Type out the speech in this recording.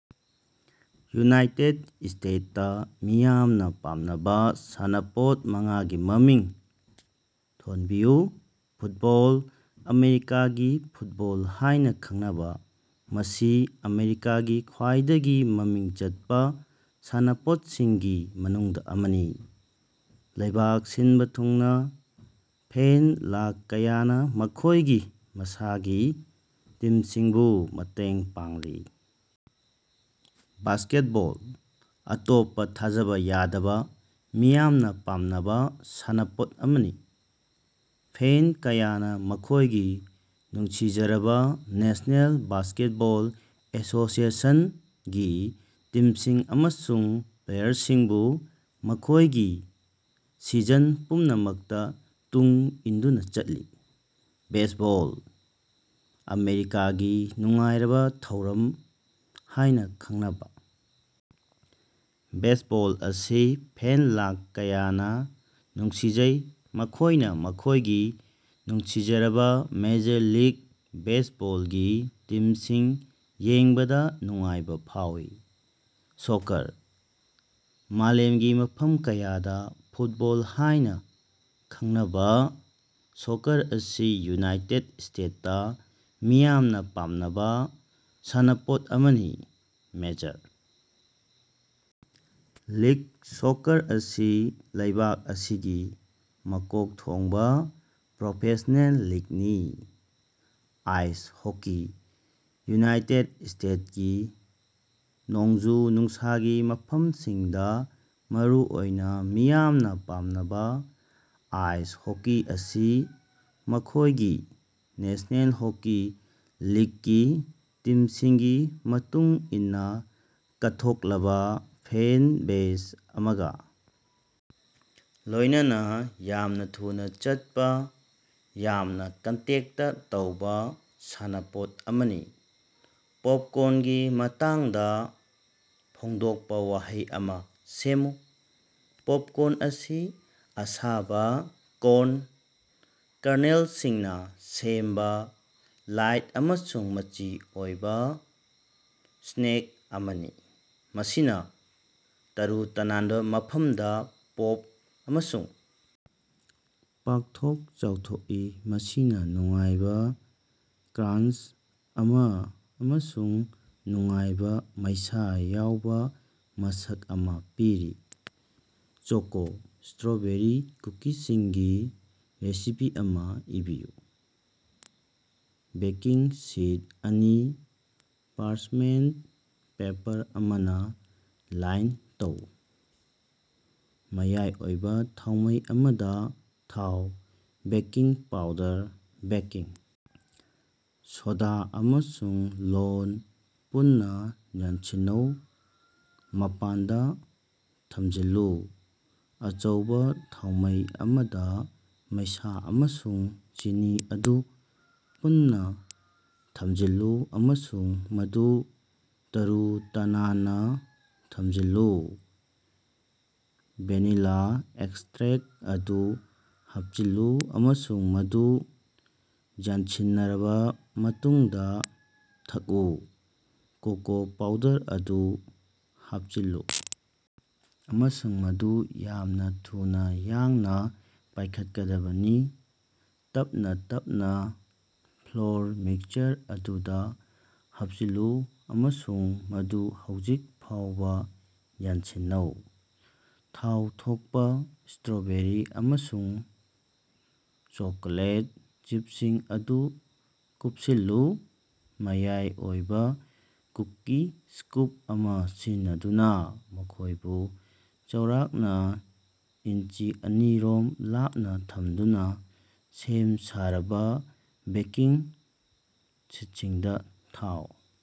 United ꯁ꯭ꯇꯦꯇꯁꯇꯥ ꯃꯤꯌꯥꯝꯅ ꯄꯥꯝꯅꯕ ꯁꯥꯟꯅꯄꯣꯠ ꯃꯉꯥꯒꯤ ꯃꯃꯤꯡ ꯊꯣꯟꯕꯤꯌꯨ꯫ ꯐꯨꯠꯕꯣꯜ - ꯑꯃꯦꯔꯤꯀꯥꯒꯤ ꯐꯨꯠꯕꯣꯜ ꯍꯥꯏꯅ ꯈꯪꯅꯕ, ꯃꯁꯤ ꯑꯃꯦꯔꯤꯀꯥꯒꯤ ꯈ꯭ꯋꯥꯏꯗꯒꯤ ꯃꯃꯤꯡ ꯆꯠꯄꯥ ꯁꯥꯟꯅꯄꯣꯠꯁꯤꯡꯒꯤ ꯃꯅꯨꯡꯗ ꯑꯃꯅꯤ, ꯂꯩꯕꯥꯛ ꯁꯤꯟꯕ ꯊꯨꯡꯅ ꯐꯦꯟ ꯂꯥꯈ ꯀꯌꯥꯅ ꯃꯈꯣꯏꯒꯤ ꯃꯁꯥꯒꯤ ꯇꯤꯝꯁꯤꯡꯕꯨ ꯃꯇꯦꯡ ꯄꯥꯡꯂꯤ꯫ ꯕꯥꯁꯀꯦꯠꯕꯣꯜ - ꯑꯇꯣꯞꯄ ꯊꯥꯖꯕ ꯌꯥꯗꯕ ꯃꯤꯌꯥꯝꯅ ꯄꯥꯝꯅꯕꯥ ꯁꯥꯟꯅꯄꯣꯠ ꯑꯃꯅꯤ, ꯐꯦꯟ ꯀꯌꯥꯅ ꯃꯈꯣꯏꯒꯤ ꯅꯨꯡꯁꯤꯖꯔꯕꯥ ꯅꯦꯁꯅꯦꯜ ꯕꯥꯁꯀꯦꯠꯕꯣꯜ ꯑꯦꯁꯣꯁꯤꯌꯦꯁꯟ ꯒꯤ ꯇꯤꯝꯁꯤꯡ ꯑꯃꯁꯨꯡ ꯄ꯭ꯂꯦꯌꯥꯔꯁꯤꯡꯕꯨ ꯃꯈꯣꯏꯒꯤ ꯁꯤꯖꯟ ꯄꯨꯝꯅꯃꯛꯇ ꯇꯨꯡ ꯏꯟꯗꯨꯅ ꯆꯠꯂꯤ꯫ ꯕꯦꯖꯕꯣꯜ - ꯑꯃꯦꯔꯤꯀꯥꯒꯤ ꯅꯨꯡꯉꯥꯏꯔꯕ ꯊꯧꯔꯝ ꯍꯥꯏꯅ ꯈꯪꯅꯕ ꯕꯦꯖꯕꯣꯜ ꯑꯁꯤ ꯐꯦꯟ ꯂꯥꯈ ꯀꯌꯥꯅ ꯅꯨꯡꯁꯤꯖꯩ, ꯃꯈꯣꯏꯅ ꯃꯈꯣꯏꯒꯤ ꯅꯨꯡꯁꯤꯖꯔꯕꯥ ꯃꯦꯖꯔ ꯂꯤꯒ ꯕꯦꯖꯕꯣꯜꯒꯤ ꯇꯤꯝꯁꯤꯡ ꯌꯦꯡꯕꯗꯥ ꯅꯨꯡꯉꯥꯏꯕ ꯐꯥꯎꯏ꯫ ꯁꯣꯀꯔ - ꯃꯥꯂꯦꯝꯒꯤ ꯃꯐꯝ ꯀꯌꯥꯗ ꯐꯨꯠꯕꯣꯜ ꯍꯥꯏꯅ ꯈꯪꯅꯕꯥ ꯁꯣꯀꯔ ꯑꯁꯤ ꯌꯨꯅꯥꯏꯇꯦꯗ ꯁ꯭ꯇꯦꯇꯁꯇꯥ ꯃꯤꯌꯥꯝꯅ ꯄꯥꯝꯅꯕꯥ ꯁꯥꯟꯅꯄꯣꯠ ꯑꯃꯅꯤ, ꯃꯦꯖꯔ ꯂꯤꯒ ꯁꯣꯀꯔ ꯑꯁꯤ ꯂꯩꯕꯥꯛ ꯑꯁꯤꯒꯤ ꯃꯀꯣꯛ ꯊꯣꯡꯕꯥ ꯄ꯭ꯔꯣꯐꯦꯁ꯭ꯅꯦꯜ ꯂꯤꯒꯅꯤ꯫ ꯑꯥꯏꯁ ꯍꯣꯀꯤ - ꯌꯨꯅꯥꯏꯇꯦꯗ ꯁ꯭ꯇꯦꯇꯁꯀꯤ ꯅꯣꯡꯖꯨ-ꯅꯨꯡꯁꯥꯒꯤ ꯃꯐꯝꯁꯤꯡꯗ ꯃꯔꯨꯑꯣꯏꯅ ꯃꯤꯌꯥꯝꯅ ꯄꯥꯝꯅꯕꯥ ꯑꯥꯏꯁ ꯍꯣꯀꯤ ꯑꯁꯤ ꯃꯈꯣꯏꯒꯤ ꯅꯦꯁ꯭ꯅꯦꯜ ꯍꯣꯀꯤ ꯂꯤꯒꯀꯤ ꯇꯤꯝꯁꯤꯡꯒꯤ ꯃꯇꯨꯡ ꯏꯟꯅ ꯀꯠꯊꯣꯛꯂꯕ ꯐꯦꯟ ꯕꯦꯖ ꯑꯃꯒ ꯂꯣꯏꯅꯅ ꯌꯥꯝꯅ ꯊꯨꯅꯥ ꯆꯠꯄ, ꯌꯥꯝꯅ ꯀꯟꯇꯦꯛꯇ ꯇꯧꯕ ꯁꯥꯟꯅꯄꯣꯠ ꯑꯃꯅꯤ꯫ ꯄꯣꯞꯀꯣꯔ꯭ꯟꯒꯤ ꯃꯇꯥꯡꯗ ꯐꯣꯡꯗꯣꯛꯄ ꯋꯥꯍꯩ ꯑꯃ ꯁꯦꯝꯃꯨ꯫ ꯄꯣꯞꯀꯣꯔ꯭ꯟ ꯑꯁꯤ ꯑꯁꯥꯕ ꯀꯣꯔ꯭ꯟ ꯀꯔꯅꯦꯜꯁꯤꯡꯅ ꯁꯦꯝꯕ ꯂꯥꯏꯠ ꯑꯃꯁꯨꯡ ꯃꯆꯤ ꯑꯣꯏꯕ ꯁ꯭ꯅꯦꯛ ꯑꯃꯅꯤ, ꯃꯁꯤꯅ ꯇꯔꯨ ꯇꯅꯥꯟꯕ ꯃꯐꯝꯗ ꯄꯣꯞ ꯑꯃꯁꯨꯡ ꯄꯥꯛꯊꯣꯛ-ꯆꯥꯎꯊꯣꯛꯏ, ꯃꯁꯤꯅ‌ ꯅꯨꯡꯉꯥꯏꯕ ꯀ꯭ꯔꯥꯟꯆ ꯑꯃ ꯑꯃꯁꯨꯡ ꯅꯨꯡꯉꯥꯏꯕ ꯃꯩꯁꯥ ꯌꯥꯎꯕ ꯃꯁꯛ ꯑꯃ ꯄꯤꯔꯤ꯫ ꯆꯣꯀꯣ-ꯁ꯭ꯇꯔꯣꯕꯦꯔꯤ ꯀꯨꯀꯤꯁꯤꯡꯒꯤ ꯔꯦꯁꯤꯄꯤ ꯑꯃ ꯏꯕꯤꯌꯨ꯫ ꯕꯦꯀꯤꯡ ꯁꯤꯠ ꯑꯅꯤ ꯄꯥꯔꯆꯃꯦꯟꯇ ꯄꯦꯄꯔ ꯑꯃꯅ ꯂꯥꯏꯟ ꯇꯧ꯫ ꯃꯌꯥꯏ ꯑꯣꯏꯕ ꯊꯥꯎꯃꯩ ꯑꯃꯗ, ꯊꯥꯎ, ꯕꯦꯀꯤꯡ ꯄꯥꯎꯗꯔ, ꯕꯦꯀꯤꯡ ꯁꯣꯗꯥ ꯑꯃꯁꯨꯡ ꯂꯣꯟ ꯄꯨꯟꯅ ꯌꯥꯟꯁꯤꯟꯅꯧ꯫ ꯃꯄꯥꯟꯗ ꯊꯝꯖꯤꯜꯂꯨ꯫ ꯑꯆꯧꯕ ꯊꯥꯎꯃꯩ ꯑꯃꯗ, ꯃꯩꯁꯥ ꯑꯃꯁꯨꯡ ꯆꯤꯅꯤ ꯑꯗꯨ ꯄꯨꯟꯅ ꯊꯝꯖꯤꯜꯂꯨ ꯑꯃꯁꯨꯡ ꯃꯗꯨ ꯇꯔꯨ-ꯇꯅꯥꯟꯅ ꯊꯝꯖꯤꯜꯂꯨ ꯫ꯚꯦꯅꯤꯂꯥ ꯑꯦꯛꯁꯇꯔꯦꯛꯇ ꯑꯗꯨ ꯍꯥꯞꯆꯤꯜꯂꯨ ꯑꯃꯁꯨꯡ ꯃꯗꯨ ꯌꯥꯟꯁꯤꯟꯅꯔꯕꯥ ꯃꯇꯨꯡꯗ ꯊꯛꯎ꯫ ꯀꯣꯀꯣ ꯄꯥꯎꯗꯔ ꯑꯗꯨ ꯍꯥꯞꯆꯤꯜꯂꯨ ꯑꯃꯁꯨꯡ ꯃꯗꯨ ꯌꯥꯝꯅ ꯊꯨꯅ ꯌꯥꯡꯅ ꯄꯥꯏꯈꯠꯀꯗꯕꯅꯤ꯫ ꯇꯞꯅꯥ ꯇꯞꯅꯥ ꯐ꯭ꯂꯣꯔ ꯃꯤꯛꯁꯆꯔ ꯑꯗꯨꯗ ꯍꯥꯞꯆꯤꯜꯂꯨ ꯑꯃꯁꯨꯡ ꯃꯗꯨ ꯍꯧꯖꯤꯛ ꯐꯥꯎꯕ ꯌꯥꯟꯁꯤꯟꯅꯧ꯫ ꯊꯥꯎ ꯊꯣꯛꯄꯥ ꯁ꯭ꯇꯔꯣꯕꯦꯔꯤ ꯑꯃꯁꯨꯡ ꯆꯣꯀꯣꯂꯦꯠ ꯆꯤꯞꯁꯤꯡ ꯑꯗꯨ ꯀꯨꯞꯁꯤꯜꯂꯨ꯫ ꯃꯌꯥꯏ ꯑꯣꯏꯕ ꯀꯨꯀꯤ ꯁ꯭ꯀꯣꯞ ꯑꯃ ꯁꯤꯖꯤꯟꯅꯗꯨꯅ, ꯃꯈꯣꯏꯗꯨ ꯆꯥꯎꯔꯥꯛꯅ ꯏꯟꯆꯤ ꯑꯅꯤ ꯔꯣꯝ ꯂꯥꯞꯅ ꯊꯝꯗꯨꯅ ꯁꯦꯝ-ꯁꯥꯔꯕꯥ ꯕꯦꯀꯤꯡ ꯁꯤꯠꯁꯤꯡꯗ ꯊꯥꯎ꯫